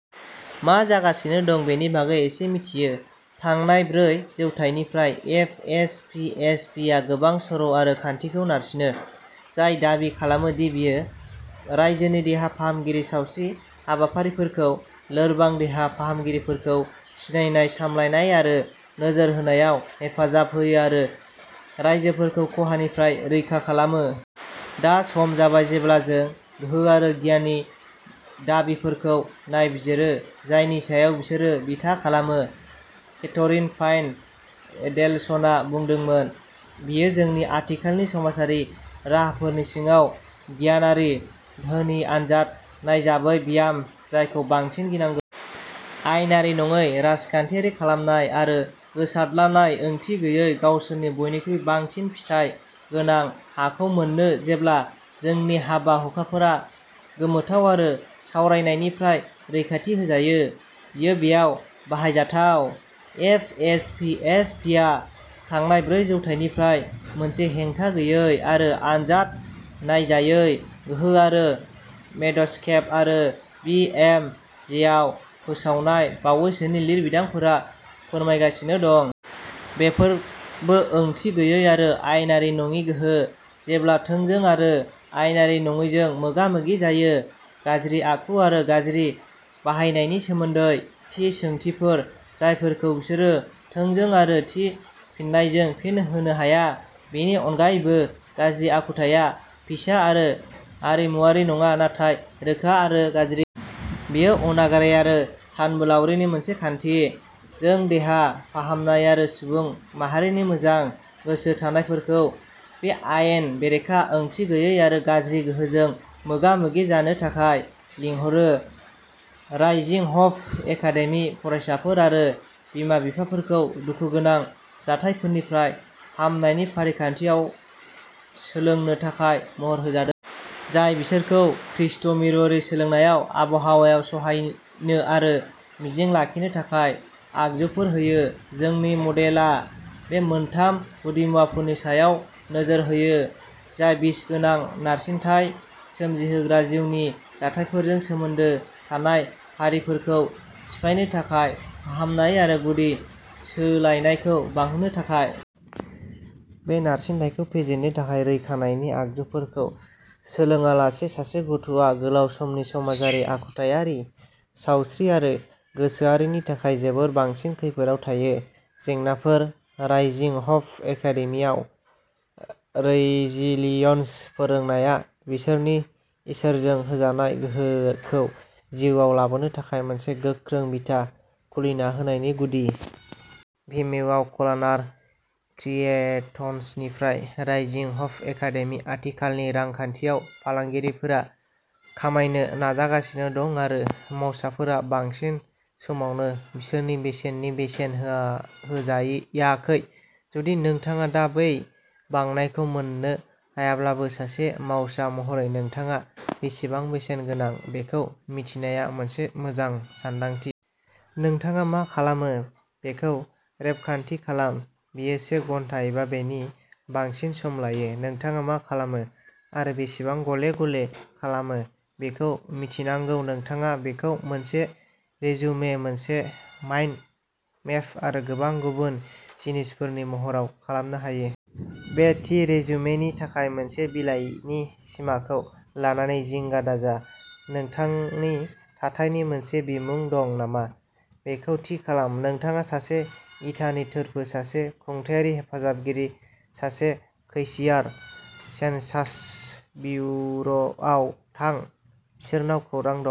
मा जागासिनो दं बेनि बागै एसे मिथियो। थांनाय ब्रै जौथाइनिफ्राय एफ एस पी एच पीआ गोबां सर' आरो खान्थिखौ नारसिनो। जाय दाबि खालामो दि बेयो रायजोनि देहा फाहामगिरि सावस्रि हाबाफारिफोरखौ लोरबां देहा फाहामगिरिफोरखौ सिनायनाय, सामलायनाय आरो नोजोर होनायाव हेफाजाब होयो आरो राइजोफोरखौ खहानिफ्राय रैखा खालामो। दा सम जाबाय जेब्ला जों गोहो आरो गियाननि दाबिफोरखौ नायबिजिरो। जायनि सायाव बिसोरो बिथा खालामो। केथरिन पाइन एडेलसनआ बुंदोंमोन- बेयो जोंनि आथिखालनि समाजारि राहाफोरनि सिङाव गियानारि गोहोनि आनजाद नायजायै ब्याम। जायखौ बांसिन गिनांगौ। आयेनारि नङै राजखान्थियारि खालामनाय आरो गोसारद्लानाय ओंथि गैयैआ गावसोरनि बयनिख्रुइ बांसिन फिथाइ गोनां हाखौ मोनो जेब्ला जोंनि हाबा-हुखाफोरा गोमोथाव आरो सावरायनायनिफ्राय रैखाथि होजायो। बेयो बेयाव बाहायजाथाव। एफ एस पी एच पीआ थांनाय ब्रै जौथाइनिफ्राय मोनसे हेंथा गैयै आरो आनजाद नायजायै गोहो आरो मेडस्केप आरो बी एम जेआव फोसावजानाय बावैसोनि लिरबिदांफोरा फोरमायगासिनो दं। बेफोरबो ओंथि गैयै आरो आयेनारि नङि गोहो। जेब्ला थोंजों आरो आयेनारि नङैजों मोगा-मोगि जायो। गाज्रि आखु आरो गाज्रि बाहायनायनि सोमोन्दै थि सोंथिफोर जायफोरखौ बिसोरो थोंजों आरो थि फिननायजों फिन होनो हाया। बेनि अनगायैबो गाज्रि आखुथाया फिसा आरो आरिमुआरि नङा नाथाय रोखा आरो गाज्रि। बेयो अनागारि आरो सानबोलावरिनि मोनसे खान्थि। जों देहा फाहामनाय आरो सुबुं माहारिनि मोजां गोसो थानायफोरखौ बे आयेन बेरेखा ओंथि गैयै आरो गाज्रि गोहोजों मोगा-मोगि जानो थाखाय लिंहरो। राइजिं हप एकादेमिआ फरायसाफोर आरो बिमा-बिफाफोरखौ दुखुगोनां जाथायफोरनिफ्राय हामनायनि फारिखान्थियाव सोलोंनो थाखाय महर होजादों। जाय बिसोरखौ खृष्ट मिरुआरि सोलोंनाय आबहावायाव सहायनो आरो मिजिं लाखिनो थाखाय आगजुफोर होयो। जोंनि मदेलआ बे मोनथाम गुदिमुवाफोरनि सायाव नोजोर होयो। जाय बिसगोनां नारसिनथाय सोमजिहोग्रा जिउनि जाथायफोरजों सोमोन्दो थानाय फारिफोरखौ सिफायनो थाखाय फाहामनाय आरो गुदि सोलायनायखौ बांहोनो थाखाय। बे नारसिनथायखौ फेजेननो थाखाय रैखानायनि आगजुफोरखौ सोलोंआलासे सासे गथ'आ गोलाव समनि समाजारि, आखुथायारि, सावस्रि आरो गोसोआरिनि थाखाय जोबोद बांसिन खैफोदआव थायो। जेंनाफोर। राइजिं हप एकादेमीआव रैजिलियन्स फोरोंनाया बिसोरनि इसोरजों होजानाय गोहोखौ जिउआव लाबोनो थाखाय मोनसे गोख्रों बिथा खुलिना होनायनि गुदि। भिमेवाव कलनार क्रिएट्सनिफ्राय राइजिं हप एकादेमी। आथिखालनि रांखान्थियाव फालांगिफोरा खमायनो नाजागासिनो दं आरो मावसाफोरा बांसिन समावनो बिसोरनि बेसेननि बेसेन होजायाखै। जुदि नोंथाङा दा बै बांनायखौ मोननो हायाब्लाबो सासे मावसा महरै नोंथाङा बेसेबां बेसेन गोनां बेखौ मिथिनाया मोनसे मोजां सानदांथि। नोंथाङा मा खालामो बेखौ रेबगान्थि खालाम। बेयो से घन्टा एबा बेनि बांसिन सम लायो। नोंथाङा मा खालामो आरो बेसेबां गले गले खालामो बेखौ मिथिनांगौ। नोंथाङा बेखौ मोनसे रिजुमे मोनसे माइन्ड मेप आरो गोबां गुबुन जिनिसफोरनि महराव खालामनो हायो। बे थि रिजुमेनि थाखाय मोनसे बिलाइनि सिमाखौ लानानै जिंगा दाजा। नोंथांनि थाथायनि मोनसे बिमुं दं नामा बेखौ थि खालाम। नोंथाङा सासे इटानि थोरफो सासे खुंथायारि हेफाजाबगिरि, सासे कैशियार। सेनसास बिउर'आव थां। बिसोरनाव खौरां दं।